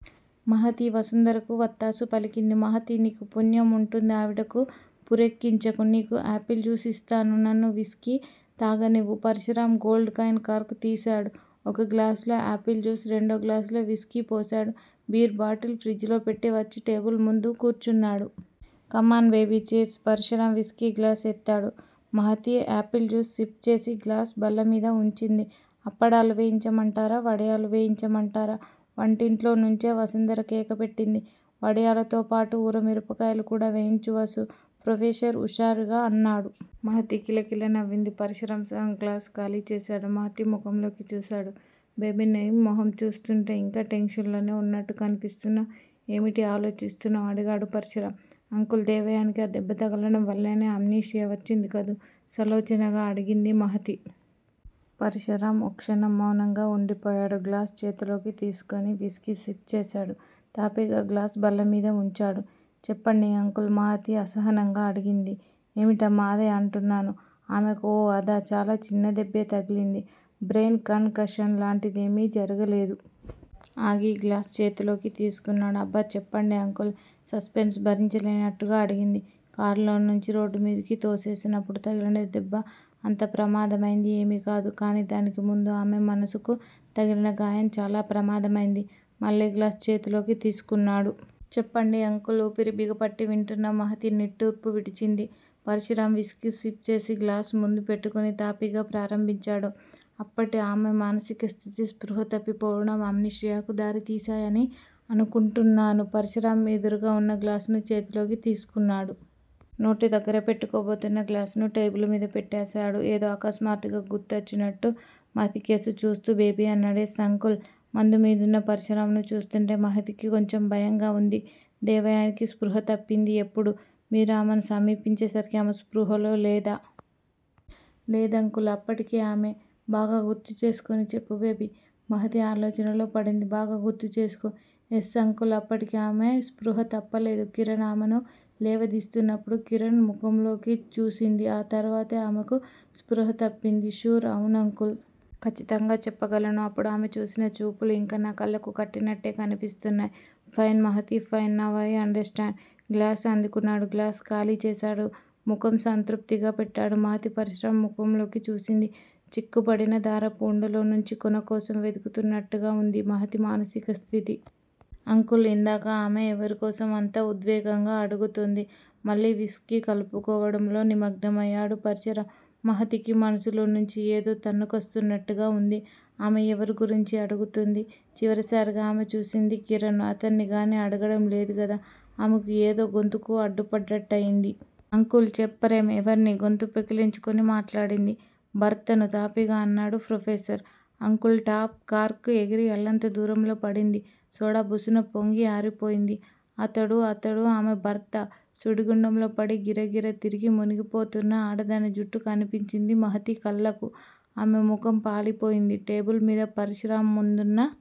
మహతి వసుంధరకు వత్తాసు పలికింది. మహతీ! నీకు పుణ్యం ఉంటుంది. ఆవిడకు పురెక్కించకు. నీకు యాపిల్ జ్యూస్ ఇస్తాను. నన్ను విస్కీ తాగనివ్వు. పరశురాం గోల్డ్ కాయిన్ కార్క్ తీశాడు. ఒక గ్లాసులో యాపిల్ జ్యూస్ రెండో గ్లాసులో విస్కీ పోశాడు. బీర్ బాటిల్ ఫ్రిజ్‌లో పెట్టి వచ్చి టేబుల్ ముందు కూర్చున్నాడు. Come on baby cheers Parashuram whisky glass ఎత్తాడు. మహతి యాపిల్ జ్యూస్ సిప్ చేసి గ్లాసు బల్ల మీద ఉంచింది. అప్పడాలు వేయించమంటారా వడియాలు వేయించమంటారా? వంటింట్లో నుంచే వసుంధర కేక పెట్టింది. వడియాలతో పాటు ఊర మిరపకాయలు కూడా వేయించు వసూ ప్రొఫెషర్ ఉషారుగా అన్నాడు. మహతి కిలకిలా నవ్వింది. పరశురాం సగం గ్లాసు ఖాళీ చేశాడు. మహతి ముఖంలోకి చూశాడు. బేబీ నీ మొహం చూస్తుంటే ఇంకా టెన్షన్‌లోనే ఉన్నట్టు కనిపిస్తున్నావ్. ఏమిటి ఆలోచిస్తున్నావ్? అడిగాడు పరశురాం. అంకుల్ దేవయానికి ఆ దెబ్బ తగలడం వల్లనే అమ్నీషియా వచ్చింది కదూ సాలోచనగా అడిగింది మహతి. పరశురాం ఓ క్షణం మౌనంగా ఉండిపోయాడు. గ్లాసు చేతిలోకి తీసుకుని విస్కీ సిప్ చేశాడు. తాపీగా గ్లాసు బల్ల మీద ఉంచాడు. చెప్పండి అంకుల్ మహతి అసహనంగా అడిగింది. ఏమిటమ్మా! అదే అంటున్నాను. ఆమెకు ఓ అదా? చాలా చిన్న దెబ్బే తగిలింది. బ్రెయిన్ కన్‌కషన్ లాంటిదేమీ జరగలేదు. ఆగి గ్లాసు చేతిలోకి తీసుకున్నాడు. అబ్బా చెప్పండి అంకుల్ సస్పెన్స్ భరించలేనట్టుగా అడిగింది. కారులో నుంచి రోడ్డుమీదకు తోసేసినప్పుడు తగిలిన దెబ్బ అంత ప్రమాదమైంది ఏమీ కాదు. కానీ దానికి ముందు ఆమె మనసుకు తగిలిన గాయం చాలా ప్రమాదమైంది. మళ్లీ గ్లాసు చేతిలోకి తీసుకున్నాడు. చెప్పండి అంకుల్ ఊపిరి బిగబట్టి వింటున్న మహతి నిట్టూర్పు విడిచింది. పరశురాం విస్కీ సిప్ చేసి గ్లాసు ముందు పెట్టుకుని తాపీగా ప్రారంభించాడు. అప్పటి ఆమె మానసిక స్థితి స్పృహ తప్పిపోవడం అమ్నీషియాకు దారి తీశాయని అనుకుంటున్నాను. పరశురాం ఎదురుగా ఉన్న గ్లాసును చేతిలోకి తీసుకున్నాడు. నోటి దగ్గర పెట్టుకోబోతున్న గ్లాసును టేబుల్ మీద పెట్టేశాడు. ఏదో అకస్మాత్తుగా గుర్తొచ్చినట్టు మహతి కేసి చూస్తూ బేబీ అన్నాడు. Yes uncle. మందు మీదున్న పరశురాంను చూస్తుంటే మహతికి కొంచెం భయంగా ఉంది. దేవయానికి స్పృహ తప్పింది ఎప్పుడు? మీరు ఆమెను సమీపించే సరికి ఆమె స్పృహలో లేదా? లేదంకుల్. అప్పటికే ఆమె... బాగా గుర్తుచేసుకుని చెప్పు బేబీ. మహతి ఆలోచనలో పడింది. బాగా గుర్తు చేసుకో. Yes uncle. అప్పటికి ఆమెకు స్పృహ తప్పలేదు. కిరణ్ ఆమెను లేవదీస్తున్నప్పుడు కిరణ్ ముఖంలోకి చూసింది. ఆ తర్వాతే ఆమెకు స్పృహ తప్పింది. ష్యూర్! అవును అంకుల్. ఖచ్చితంగా చెప్పగలను. అప్పుడు ఆమె చూసిన చూపులు ఇంకా నా కళ్లకు కట్టినట్టే కనిపిస్తున్నాయి. Fine Mahati fine now I understand. Glass అందుకున్నాడు. గ్లాసు ఖాళీ చేశాడు. ముఖం సంతృప్తిగా పెట్టాడు. మహతి పరశురాం ముఖంలోకి చూసింది. చిక్కుపడిన దారపు ఉండలో నుంచి కొన కోసం వెదుకుతున్నట్టుగా ఉంది మహతి మానసిక స్థితి. అంకుల్ ఇందాక ఆమె ఎవరి కోసం అంత ఉద్వేగంగా అడుగుతోంది? మళ్లీ విస్కీ కలుపుకోవడంలో నిమగ్నమయ్యాడు పరశురాం. మహతికి మనసులో నుంచి ఏదో తన్నుకొస్తున్నట్టుగా ఉంది. ఆమె ఎవరి గురించి అడుగుతోంది. చివరిసారిగా ఆమె చూసింది కిరణ్‌ను. అతన్ని గానీ అడగడం లేదుగదా? ఆమెకు ఏదో గొంతుకు అడ్డుపడ్డట్టయింది. అంకుల్! చెప్పరేం? ఎవర్ని? గొంతు పెకిలించుకొని మాట్లాడింది. భర్తను తాపీగా అన్నాడు ప్రొఫెసర్. అంకుల్ టప్. కార్క్ ఎగిరి అల్లంత దూరంలో పడింది. సోడా బుస్సున పొంగి ఆరిపోయింది. అతడు అతడు ఆమె భర్తా? సుడిగుండంలో పడి గిరగిరా తిరిగి మునిగిపోతున్న ఆడదాని జుట్టు కనిపించింది మహతి కళ్లకు. ఆమె ముఖం పాలిపోయింది. టేబుల్ మీద పరశురాం ముందున్న.